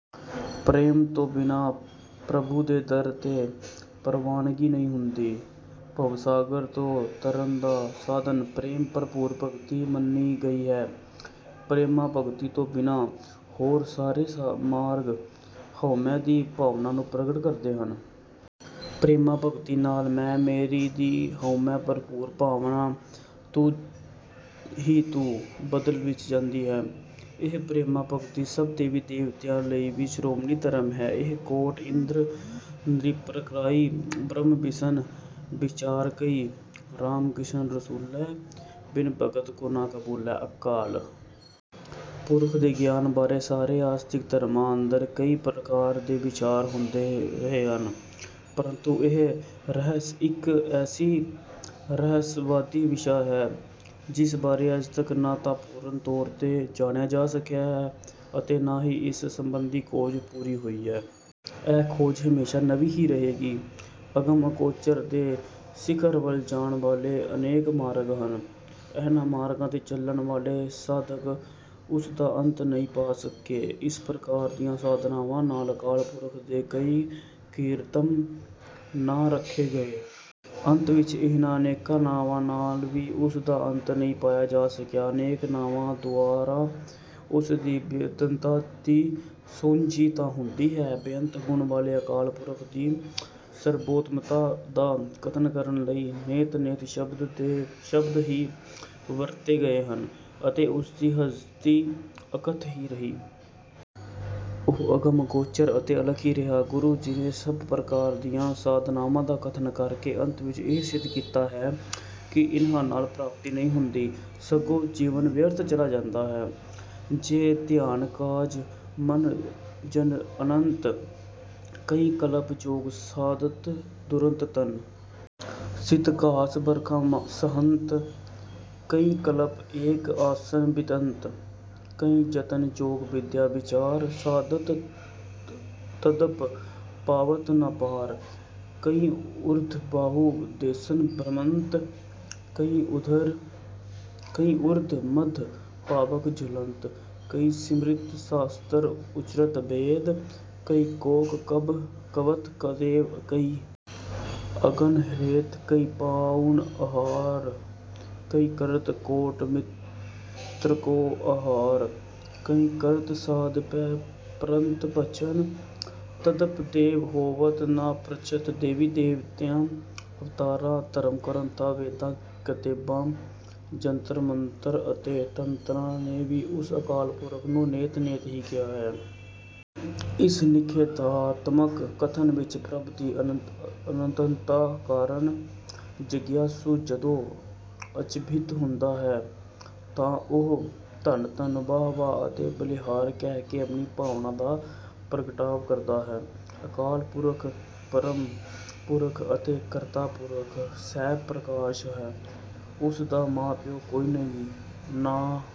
ਪ੍ਰੇਮ ਤੋਂ ਬਿਨਾਂ ਪ੍ਰਭੂ ਦੇ ਦਰ ’ਤੇ ਪ੍ਰਵਾਨਗੀ ਨਹੀਂ ਹੁੰਦੀ। ਭਵਸਾਗਰ ਤੋਂ ਤਰਨ ਦਾ ਸਾਧਨ ਪ੍ਰੇਮ-ਭਰਪੂਰ ਭਗਤੀ ਮੰਨੀ ਗਈ ਹੈ। ਪ੍ਰੇਮਾ-ਭਗਤੀ ਤੋਂ ਬਿਨਾਂ ਹੋਰ ਸਾਰੇ ਮਾਰਗ ਹਉਮੈ ਦੀ ਭਾਵਨਾ ਨੂੰ ਪ੍ਰਗਟ ਕਰਦੇ ਹਨ। ਪ੍ਰੇਮਾ-ਭਗਤੀ ਨਾਲ ਮੈਂ-ਮੇਰੀ ਦੀ ਹਉਮੈ-ਭਰਪੂਰ ਭਾਵਨਾ ਤੂੰ ਹੀ ਤੂੰ ਵਿੱਚ ਬਦਲ ਜਾਂਦੀ ਹੈ। ਇਹੀ ਪ੍ਰੇਮਾ-ਭਗਤੀ ਸਭ ਦੇਵੀ-ਦੇਵਤਿਆਂ ਲਈ ਵੀ ਸ਼੍ਰੋਮਣੀ ਧਰਮ ਹੈ ਜਿਹ ਕੋਟਿ ਇੰਦ੍ਰ ਨ੍ਰਿਪਾਰਕਈ ਬ੍ਰਹਮ ਬਿਸਨ ਬਿਚਾਰਕਈ। ਰਾਮ ਕ੍ਰਿਸਨ ਰਸੂਲ ਬਿਨੁ ਭਗਤ ਕੋ ਨ ਕਬੂਲ॥ ਅਕਾਲ ਪੁਰਖ ਦੇ ਗਿਆਨ ਬਾਰੇ ਸਾਰੇ ਆਸਤਿਕ ਧਰਮਾਂ ਅੰਦਰ ਕਈ ਪ੍ਰਕਾਰ ਦੇ ਵਿਚਾਰ ਹੁੰਦੇ ਰਹੇ ਹਨ। ਪਰੰਤੂ ਇਹ ਰਹੱਸ ਇੱਕ ਐਸੀ ਰਹੱਸਵਾਦੀ ਵਿਸ਼ਾ ਹੈ, ਜਿਸ ਬਾਰੇ ਅੱਜ ਤੱਕ ਨਾ ਤਾਂ ਪੂਰਨ ਤੌਰ ’ਤੇ ਜਾਣਿਆ ਜਾ ਸਕਿਆ ਹੈ ਅਤੇ ਨਾ ਹੀ ਇਸ ਸੰਬੰਧੀ ਖੋਜ ਪੂਰੀ ਹੋਈ ਹੈ। ਇਹ ਖੋਜ ਹਮੇਸ਼ਾ ਨਵੀਂ ਹੀ ਰਹੇਗੀ। ਇਸ ਅਗਮ-ਅਗੋਚਰ ਦੇ ਸਿਖਰ ਵੱਲ ਜਾਣ ਵਾਲੇ ਅਨੇਕਾਂ ਮਾਰਗ ਹਨ। ਇਨ੍ਹਾਂ ਮਾਰਗਾਂ ’ਤੇ ਚੱਲਣ ਵਾਲੇ ਸਾਧਕ ਉਸ ਦਾ ਅੰਤ ਨਹੀਂ ਪਾ ਸਕੇ। ਇਸ ਪ੍ਰਕਾਰ ਦੀਆਂ ਸਾਧਨਾਵਾਂ ਨਾਲ ਅਕਾਲ ਪੁਰਖ ਦੇ ਕਈ ਕਿਰਤਮ ਨਾਂ ਰੱਖੇ ਗਏ। ਅੰਤ ਵਿੱਚ ਇਨ੍ਹਾਂ ਅਨੇਕਾਂ ਨਾਵਾਂ ਨਾਲ ਵੀ ਉਸ ਦਾ ਅੰਤ ਨਹੀਂ ਪਾਇਆ ਜਾ ਸਕਿਆ। ਅਨੇਕ ਨਾਵਾਂ ਦੁਆਰਾ ਉਸ ਦੀ ਬੇਅੰਤਤਾ ਦੀ ਸੋਝੀ ਤਾਂ ਹੁੰਦੀ ਹੈ। ਬੇਅੰਤ ਗੁਣ ਵਾਲੇ ਅਕਾਲ ਪੁਰਖ ਦੀ ਸਰਬੋਤਮਤਾ ਦਾ ਕਥਨ ਕਰਨ ਲਈ ਨੇਤਿ-ਨੇਤਿ ਸ਼ਬਦ ਹੀ ਵਰਤੇ ਗਏ ਹਨ ਅਤੇ ਉਸ ਦੀ ਹਸਤੀ ਅਕੱਥ ਹੀ ਰਹੀ। ਉਹ ਅਗਮ, ਅਗੋਚਰ ਅਤੇ ਅਲੱਖ ਹੀ ਰਿਹਾ। ਗੁਰੂ ਜੀ ਨੇ ਸਭ ਪ੍ਰਕਾਰ ਦੀਆਂ ਸਾਧਨਾਵਾਂ ਦਾ ਕਥਨ ਕਰਕੇ ਅੰਤ ਵਿੱਚ ਇਹੀ ਸਿੱਧ ਕੀਤਾ ਹੈ ਕਿ ਇਨ੍ਹਾਂ ਨਾਲ ਪ੍ਰਾਪਤੀ ਨਹੀਂ ਹੁੰਦੀ, ਸਗੋਂ ਜੀਵਨ ਵਿਅਰਥ ਚਲਾ ਜਾਂਦਾ ਹੈ ਜਿਹ ਧਿਆਨ ਕਾਜ ਮੁਨਿ ਜਨ ਅਨੰਤ, ਕਈ ਕਲਪ ਜੋਗ ਸਾਧਤ ਦੁਰੰਤ। ਤਨ ਸੀਤ ਘਾਮ ਬਰਖਾ ਸਹੰਤ। ਕਈ ਕਲਪ ਏਕ ਆਸਨ ਬਿਤੰਤ। ਕਈ ਜਤਨ ਜੋਗ ਬਿਦਿਆ ਬਿਚਾਰ। ਸਾਧੰਤ ਤਦਪਿ ਪਾਵਤ ਨ ਪਾਰ। ਕਈ ਊਰਧ ਬਾਹੁ, ਦੇਸਨ ਭ੍ਰਮੰਤ। ਕਈ ਊਰਧ ਮਧ ਪਾਵਕ ਝੁਲੰਤ। ਕਈ ਸਿਮ੍ਰਿਤਿ ਸਾਸਤ੍ਰ ਉਚਰਤ ਬੇਦ। ਕਈ ਕੋਕ ਕਬਿ ਕੱਬਤ ਕਤੇਬ। ਕਈ ਅਗਨਿ ਹੋਤ੍ਰ, ਕਈ ਪਉਣ-ਅਹਾਰ। ਕਈ ਕਰਤ ਕੋਟਿ ਮ੍ਰਿਤਕੋ ਅਹਾਰ। ਕਈ ਕਰਤ ਸਾਕ, ਪੈ ਪੱਤ੍ਰ ਭੱਛਨ। ਤਦਪਿ ਦੇਵ ਹੋਵਤ ਨ ਪ੍ਰਤੱਛ ਦੇਵੀ-ਦੇਵਤਿਆਂ, ਅਵਤਾਰਾਂ, ਧਰਮ-ਗ੍ਰੰਥਾਂ, ਵੇਦਾਂ, ਕਤੇਬਾਂ, ਜੰਤਰਾਂ, ਮੰਤਰਾਂ ਅਤੇ ਤੰਤਰਾਂ ਨੇ ਵੀ ਉਸ ਅਕਾਲ ਪੁਰਖ ਨੂੰ ਨੇਤਿ-ਨੇਤਿ ਹੀ ਕਿਹਾ ਹੈ। ਇਸ ਨਿਖੇਧਾਤਮਕ ਕਥਨ ਵਿੱਚ ਪ੍ਰਭੂ ਦੀ ਅਨੰਤਤਾ ਕਾਰਨ ਜਿਗਿਆਸੂ ਜਦੋਂ ਅਚੰਭਿਤ ਹੁੰਦਾ ਹੈ, ਤਾਂ ਉਹ ਧੰਨ-ਧੰਨ, ਵਾਹ-ਵਾਹ ਅਤੇ ਬਲਿਹਾਰ ਕਹਿ ਕੇ ਆਪਣੀ ਭਾਵਨਾ ਦਾ ਪ੍ਰਗਟਾਵਾ ਕਰਦਾ ਹੈ। ਅਕਾਲ ਪੁਰਖ, ਪਰਮ ਪੁਰਖ ਅਤੇ ਕਰਤਾ ਪੁਰਖ ਸਵੈ-ਪ੍ਰਕਾਸ਼ ਹੈ। ਉਸ ਦਾ ਮਾਂ-ਪਿਉ ਕੋਈ ਨਹੀਂ, ਨ